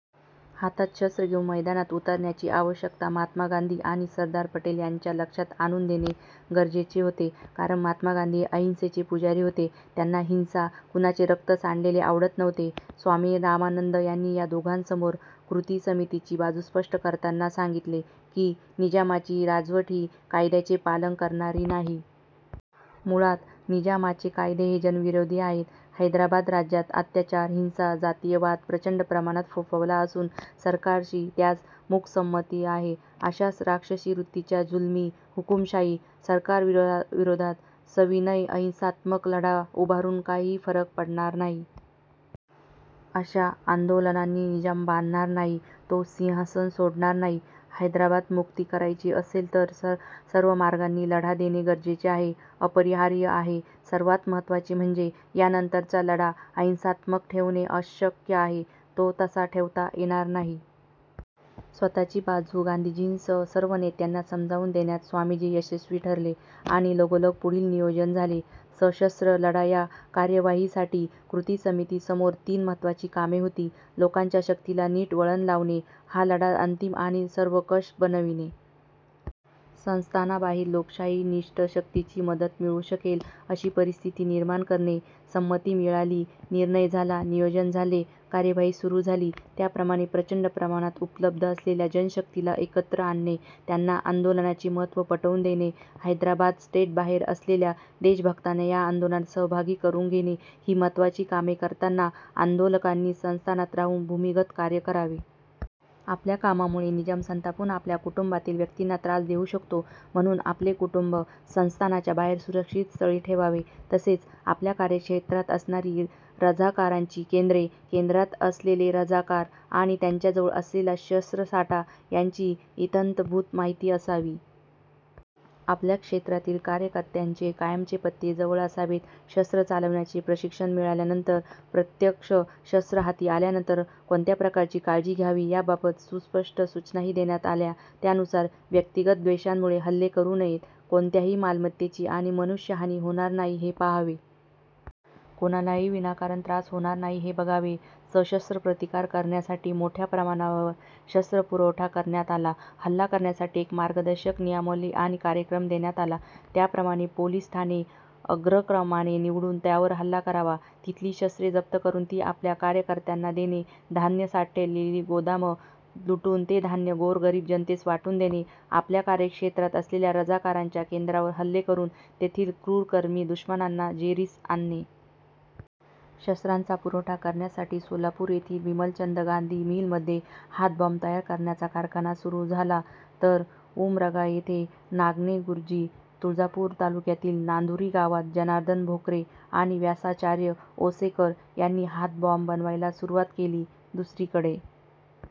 हातात शस्त्र घेऊन मैदानात उतरण्याची आवश्यकता महात्मा गांधी आणि सरदार पटेल यांच्या लक्षात आणून देणे गरजेचे होते, कारण महात्मा गांधी हे अहिंसेचे पुजारी होते. त्यांना हिंसा, कुणाचे रक्त सांडलेले आवडत नव्हते. स्वामी रामानंद यांनी या दोघांसमोर कृतिसमितीची बाजू स्पष्ट करताना सांगितले की, निजामाची राजवट ही कायद्याचे पालन करणारी नाही. मुळात निजामाचे कायदे हे जनविरोधी आहेत. हैदराबाद राज्यात अत्याचार, हिंसा, जातीयवाद प्रचंड प्रमाणात फोफावला असून सरकारची त्यास मूकसंमती आहे. अशा राक्षसी वृत्तीच्या, जुलमी, हुकुमशाही सरकारविरोधात सविनय, अहिंसात्मक लढा उभारून काहीही फरक पडणार नाही. अशा आंदोलनांनी निजाम बधणार नाही. तो सिंहासन सोडणार नाही. हैदराबाद मुक्ती करायची असेल तर सर्व मार्गांनी लढा देणे गरजेचे आहे, अपरिहार्य आहे. सर्वात महत्त्वाचे म्हणजे यानंतरचा लढा अहिंसात्मक ठेवणे अशक्य आहे. तो तसा ठेवता येणार नाही. स्वतःची बाजू गांधीजींसह सर्व नेत्यांना समजावून देण्यात स्वामीजी यशस्वी ठरले आणि लगोलग पुढील नियोजन झाले. सशस्त्र लढा या कार्यवाहीसाठी कृतिसमितीसमोर तीन महत्त्वाची कामे होती. लोकांच्या शक्तीला नीट वळण लावणे. हा लढा अंतिम आणि सर्वंकष बनविणे. संस्थानाबाहेरील लोकशाहीनिष्ठ शक्तींची मदत मिळू शकेल अशी परिस्थिती निर्माण करणे. संमती मिळाली. निर्णय झाला. नियोजन झाले. कार्यवाही सुरू झाली. त्याप्रमाणे प्रचंड प्रमाणात उपलब्ध असलेल्या जनशक्तीला एकत्र आणणे, त्यांना आंदोलनाचे महत्त्व पटवून देणे, हैदराबाद स्टेटबाहेर असलेल्या देशभक्तांना या आंदोलनात सहभागी करून घेणे ही महत्त्वाची कामे करताना आंदोलकांनी संस्थानात राहून भूमिगत कार्य करावे. आपल्या कामामुळे निजाम संतापून आपल्या कुटुंबातील व्यक्तींना त्रास देऊ शकतो, म्हणून आपले कुटुंब संस्थानाच्या बाहेर सुरक्षित स्थळी ठेवावे. तसेच आपल्या कार्यक्षेत्रात असणारी रझाकारांची केंद्रे, केंद्रात असलेले रझाकार आणि त्यांच्याजवळ असलेला शस्त्रसाठा यांची इत्थंभूत माहिती असावी. आपल्या क्षेत्रातील कार्यकर्त्यांचे कायमचे पत्ते जवळ असावेत. शस्त्र चालवण्याचे प्रशिक्षण मिळाल्यानंतर, प्रत्यक्ष शस्त्र हाती आल्यानंतर कोणत्या प्रकारची काळजी घ्यावी याबाबत सुस्पष्ट सूचनाही देण्यात आल्या. त्यानुसार व्यक्तिगत द्वेषामुळे हल्ले करू नयेत. कोणत्याही मालमत्तेची आणि मनुष्यहानी होणार नाही हे पाहावे. कोणालाही विनाकारण त्रास होणार नाही हे बघावे. सशस्त्र प्रतिकार करण्यासाठी मोठ्या प्रमाणावर शस्त्रपुरवठा करण्यात आला. हल्ला करण्यासाठी एक मार्गदर्शक नियमावली आणि कार्यक्रम देण्यात आला. त्याप्रमाणे पोलीस ठाणे अग्रक्रमाने निवडून त्यावर हल्ला करावा. तिथली शस्त्रे जप्त करून ती आपल्या कार्यकर्त्यांना देणे, धान्य साठवलेली गोदामं लुटून ते धान्य गोरगरीब जनतेस वाटून देणे, आपल्या कार्यक्षेत्रात असलेल्या रझाकारांच्या केंद्रांवर हल्ले करून तेथील क्रूरकर्मी दुश्मनांना जेरीस आणणे! शस्त्रास्त्रांचा पुरवठा करण्यासाठी सोलापूर येथील विमलचंद गांधी मिलमध्ये हातबॉम्ब तयार करण्याचा कारखाना सुरू झाला, तर उमरगा येथे नागणे गुरुजी, तुळजापूर तालुक्यातील नांदुरी या गावात जनार्दन भोकरे आणि व्यासाचार्य औसेकर यांनी हातबॉम्ब बनवायला सुरुवात केली. दुसरीकडे